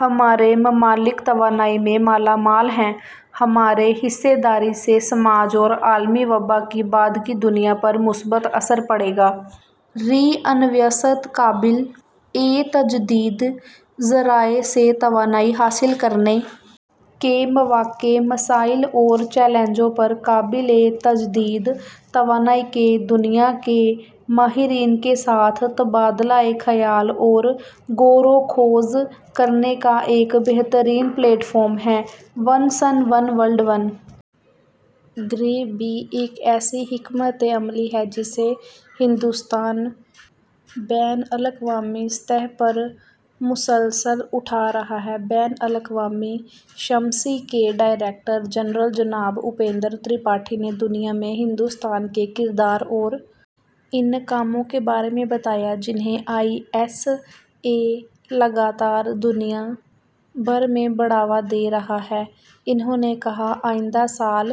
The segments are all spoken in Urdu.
ہمارے ممالک توانائی میں مالا مال ہیں ہماری حصہ داری سے سماج اور عالمی وبا کی بعد کی دنیا پر مثبت اثر پڑے گا ری انویسٹ قابل تجدید ذرائع سے توانائی حاصل کرنے کے مواقع مسائل اور چیلنجوں پر قابل تجدید توانائی کے دنیا کے ماہرین کے ساتھ تبادلہ خیال اور غور و خوض کرنے کا ایک بہترین پلیٹ فارم ہے one sun one world one grid بھی ایک ایسی حکمت عملی ہے جسے ہندوستان بین الاقوامی سطح پر مسلسل اٹھا رہا ہے بین الاقوامی شمسی کے ڈائریکٹر جنرل جناب اپیندر ترپاٹھی نے دنیا میں ہندوستان کے کردار اور ان کاموں کے بارے میں بتایا جنہیں آئی ایس اے لگاتار دنیا بھر میں بڑھاوا دے رہا ہے انہوں نے کہا آئندہ سال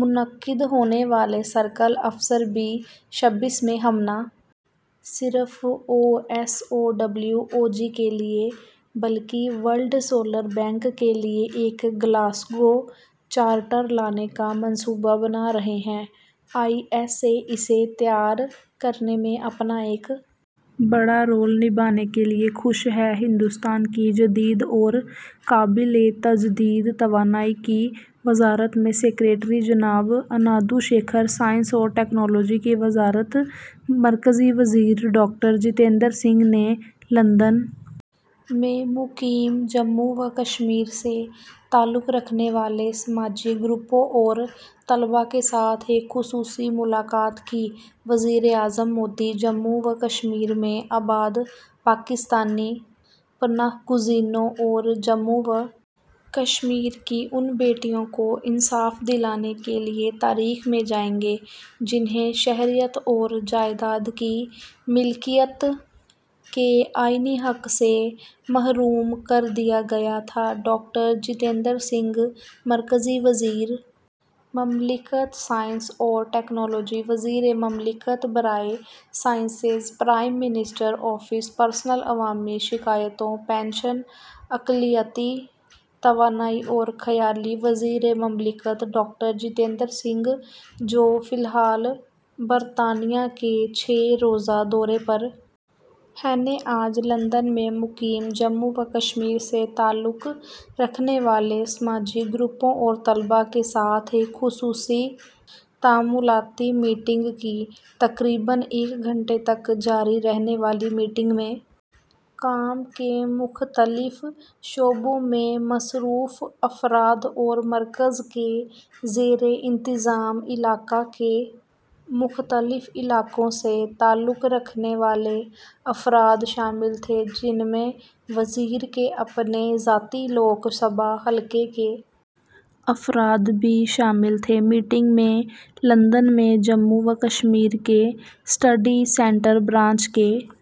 منعقد ہونے والے سی او پی چھبیس میں ہم نہ صرف O S O W O G کے لیے بلکہ ورلڈ سولر بینک کے لیے ایک گلاسگو چارٹر لانے کا منصوبہ بنا رہے ہیں آئی ایس اے اسے تیار کرنے میں اپنا ایک بڑا رول نبھانے کے لیے خوش ہے ہندوستان کی جدید اور قابل تجدید توانائی کی وزارت میں سکریٹری جناب اندو شیکھر سائنس اور ٹیکنالوجی کی وزارت مرکزی وزیر ڈاکٹر جتیندر سنگھ نے لندن میں مقیم جموں و کشمیر سے تعلق رکھنے والے سماجی گروپوں اور طلباء کے ساتھ ایک خصوصی ملاقات کی وزیر اعظم مودی جموں و کشمیر میں آباد پاکستانی پناہ گزینوں اور جموں و کشمیر کی ان بیٹیوں کو انصاف دلانے کے لیے تاریخ میں جائیں گے جنہیں شہریت اور جائیداد کی ملکیت کے آئینی حق سے محروم کر دیا گیا تھا ڈاکٹر جتیندر سنگھ مرکزی وزیر مملکت سائنس اور ٹیکنالوجی وزیر مملکت earth sciences P M O personnel عوامی شکایات پنشن ایٹمی توانائی اور خلائی وزیر مملکت ڈاکٹر جتیندر سنگھ جو فی الحال برطانیہ کے چھ روزہ دورے پر ہیں نے آج لندن میں مقیم جموں و کشمیر سے تعلق رکھنے والے سماجی گروپوں اور طلباء کے ساتھ ایک خصوصی تعاملاتی میٹنگ کی تقریباً ایک گھنٹے تک جاری رہنے والی میٹنگ میں کام کے مختلف شعبوں میں مصروف افراد اور مرکز کے زیر انتظام علاقہ کے مختلف علاقوں سے تعلق رکھنے والے افراد شامل تھے جن میں وزیر کے اپنے ذاتی لوک سبھا حلقہ کے افراد بھی شامل تھے میٹنگ میں لندن میں جموں و کشمیر کے اسٹڈی سینٹر برانچ کے